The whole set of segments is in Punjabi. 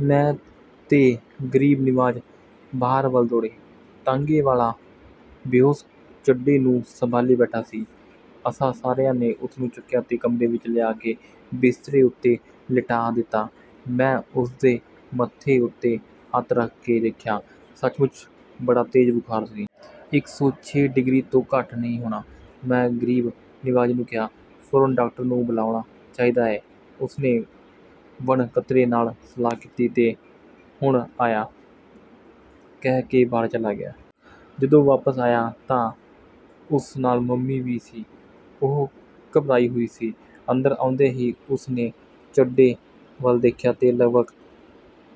ਮੈਂ ਤੇ ਗਰੀਬ ਨਿਵਾਜ ਬਾਹਰ ਵੱਲ ਦੌੜੇ। ਤਾਂਗੇ ਵਾਲਾ ਬੇਹੋਸ਼ ਚੱਡੇ ਨੂੰ ਸੰਭਾਲੀ ਬੈਠਾ ਸੀ। ਅਸਾਂ ਸਾਰਿਆਂ ਨੇ ਉਸਨੂੰ ਚੁੱਕਿਆ ਤੇ ਕਮਰੇ ਵਿਚ ਲਿਆ ਕੇ ਬਿਸਤਰੇ ਉੱਤੇ ਲਿਟਾਅ ਦਿੱਤਾ। ਮੈਂ ਉਸਦੇ ਮੱਥੇ ਉੱਤੇ ਹੱਥ ਰੱਖ ਕੇ ਦੇਖਿਆ, ਸੱਚਮੁੱਚ ਬੜਾ ਤੇਜ਼ ਬੁਖ਼ਾਰ ਸੀ। ਇਕ ਸੌ ਛੇ ਡਿਗਰੀ ਤੋਂ ਘੱਟ ਨਹੀਂ ਹੋਣਾ। ਮੈਂ ਗਰੀਬ ਨਿਵਾਜ ਨੂੰ ਕਿਹਾ, "ਫੌਰਨ ਡਾਕਟਰ ਨੂੰ ਬੁਲਾਉਣਾ ਚਾਹੀਦਾ ਏ। " ਉਸਨੇ ਵਣਕਤਰੇ ਨਾਲ ਸਲਾਹ ਕੀਤੀ ਤੇ 'ਹੁਣੇ ਆਇਆ' ਕਹਿ ਕੇ ਬਾਹਰ ਚਲਾ ਗਿਆ। ਜਦੋਂ ਵਾਪਸ ਆਇਆ ਤਾਂ ਉਸ ਨਾਲ ਮੰਮੀ ਵੀ ਸੀ। ਉਹ ਘਬਰਾਈ ਹੋਈ ਸੀ। ਅੰਦਰ ਆਉਂਦਿਆਂ ਹੀ ਉਸਨੇ ਚੱਡੇ ਵੱਲ ਦੇਖਿਆ ਤੇ ਲਗਭਗ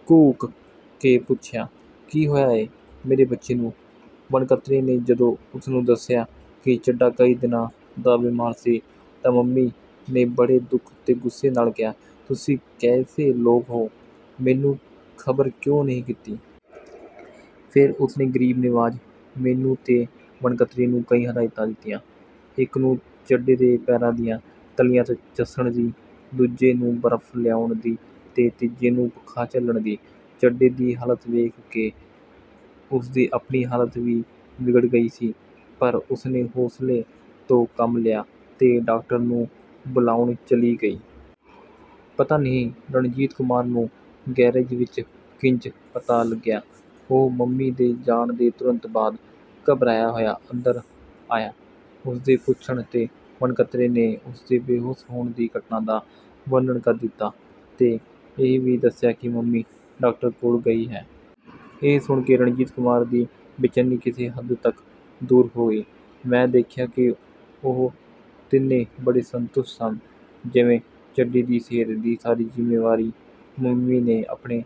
ਕੂਕ ਕੇ ਪੁੱਛਿਆ, "ਕੀ ਹੋਇਆ ਏ, ਮੇਰੇ ਬੱਚੇ ਨੂੰ? " ਵਣਕਤਰੇ ਨੇ ਜਦੋਂ ਉਸਨੂੰ ਦੱਸਿਆ ਕਿ ਚੱਡਾ ਕਈ ਦਿਨਾਂ ਦਾ ਬਿਮਾਰ ਸੀ ਤਾਂ ਮੰਮੀ ਨੇ ਬੜੇ ਦੁੱਖ ਤੇ ਗੁੱਸੇ ਨਾਲ ਕਿਹਾ, "ਤੁਸੀਂ ਕੈਸੇ ਲੋਗ ਓ—ਮੈਨੂੰ ਖ਼ਬਰ ਕਿਉਂ ਨਹੀਂ ਕੀਤੀ? " ਫੇਰ ਉਸਨੇ ਗਰੀਬ ਨਿਵਾਜ਼, ਮੈਨੂੰ ਤੇ ਵਣਕਤਰੇ ਨੂੰ ਕਈ ਹਦਾਇਤਾਂ ਦਿੱਤੀਆਂ। ਇਕ ਨੂੰ ਚੱਡੇ ਦੇ ਪੈਰਾਂ ਦੀਆਂ ਤਲੀਆਂ ਝੱਸਣ ਦੀ, ਦੂਜੇ ਨੂੰ ਬਰਫ ਲਿਆਉਣ ਦੀ ਤੇ ਤੀਜੇ ਨੂੰ ਪੱਖਾ ਝੱਲਣ ਦੀ। ਚੱਡੇ ਦੀ ਹਾਲਤ ਵੇਖ ਕੇ ਉਸਦੀ ਆਪਣੀ ਹਾਲਤ ਵੀ ਵਿਗੜ ਗਈ ਸੀ, ਪਰ ਉਸਨੇ ਹੌਸਲੇ ਤੋਂ ਕੰਮ ਲਿਆ ਤੇ ਡਾਕਟਰ ਨੂੰ ਬੁਲਾਉਣ ਚਲੀ ਗਈ। ਪਤਾ ਨਹੀਂ ਰਣਜੀਤ ਕੁਮਾਰ ਨੂੰ ਗੈਰੇਜ ਵਿਚ ਕਿੰਜ ਪਤਾ ਲੱਗਿਆ। ਉਹ ਮੰਮੀ ਦੇ ਜਾਣ ਦੇ ਤੁਰੰਤ ਬਾਅਦ ਘਬਰਾਇਆ ਹੋਇਆ ਅੰਦਰ ਆਇਆ। ਉਸਦੇ ਪੁੱਛਣ 'ਤੇ ਵਣਕਤਰੇ ਨੇ ਉਸਦੇ ਬੇਹੋਸ਼ ਹੋਣ ਦੀ ਘਟਨਾ ਦਾ ਵਰਨਣ ਕਰ ਦਿੱਤਾ ਤੇ ਇਹ ਵੀ ਦੱਸਿਆ ਕਿ ਮੰਮੀ ਡਾਕਟਰ ਕੋਲ ਗਈ ਹੈ। ਇਹ ਸੁਣ ਕੇ ਰਣਜੀਤ ਕੁਮਾਰ ਦੀ ਬੇਚੈਨੀ ਕਿਸੇ ਹੱਦ ਤਕ ਦੂਰ ਹੋ ਗਈ। ਮੈਂ ਦੇਖਿਆ ਕਿ ਉਹ ਤਿੰਨੇ ਬੜੇ ਸੰਤੁਸ਼ਟ ਸਨ, ਜਿਵੇਂ ਚੱਡੇ ਦੀ ਸਿਹਤ ਦੀ ਸਾਰੀ ਜ਼ਿੰਮੇਵਾਰੀ ਮੰਮੀ ਨੇ ਆਪਣੇ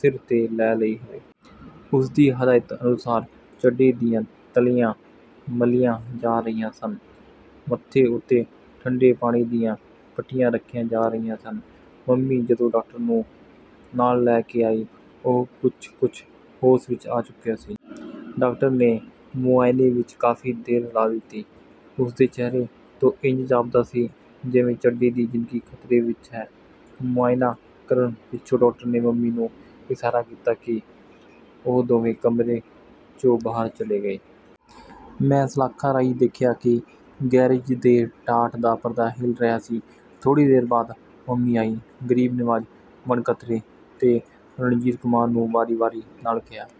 ਸਿਰ ਤੇ ਲੈ ਲਈ ਹੋਵੇ। ਉਸਦੀ ਹਦਾਇਤ ਅਨੁਸਾਰ ਚੱਡੇ ਦੀਆਂ ਤਲੀਆਂ ਮਲੀਆਂ ਜਾ ਰਹੀਆਂ ਸਨ, ਮੱਥੇ ਉੱਤੇ ਠੰਡੇ ਪਾਣੀ ਦੀਆਂ ਪੱਟੀਆਂ ਰੱਖੀਆਂ ਜਾ ਰਹੀਆਂ ਸਨ। ਮੰਮੀ ਜਦੋਂ ਡਾਕਟਰ ਨੂੰ ਨਾਲ ਲੈ ਕੇ ਆਈ, ਉਹ, ਕੁਝ ਕੁਝ ਹੋਸ਼ ਵਿਚ ਆ ਚੁੱਕਿਆ ਸੀ। ਡਾਕਟਰ ਨੇ ਮੁਆਨੇ ਵਿਚ ਕਾਫੀ ਦੇਰ ਲਾ ਦਿੱਤੀ। ਉਸਦੇ ਚਿਹਰੇ ਤੋਂ ਇੰਜ ਜਾਪਦਾ ਸੀ ਜਿਵੇਂ ਚੱਡੇ ਦੀ ਜ਼ਿੰਦਗੀ ਖਤਰੇ ਵਿਚ ਹੈ। ਮੁਆਇਨਾਂ ਕਰਨ ਪਿੱਛੋਂ ਡਾਕਟਰ ਨੇ ਮੰਮੀ ਨੂੰ ਇਸ਼ਾਰਾ ਕੀਤਾ ਤੇ ਉਹ ਦੋਵੇਂ ਕਮਰੇ 'ਚੋਂ ਬਾਹਰ ਚਲੇ ਗਏ। ਮੈਂ ਸਲਾਖਾਂ ਰਾਹੀਂ ਦੇਖਿਆ ਕਿ ਗੈਰੇਜ ਦੇ ਟਾਟ ਦਾ ਪਰਦਾ ਹਿੱਲ ਰਿਹਾ ਸੀ। ਥੋੜ੍ਹੀ ਦੇਰ ਬਾਅਦ ਮੰਮੀ ਆਈ। ਗਰੀਬ ਨਿਵਾਜ਼, ਵਣਕਤਰੇ ਤੇ ਰਣਜੀਤ ਕੁਮਾਰ ਨੂੰ ਵਾਰੀ-ਵਾਰੀ ਨਾਲ ਕਿਹਾ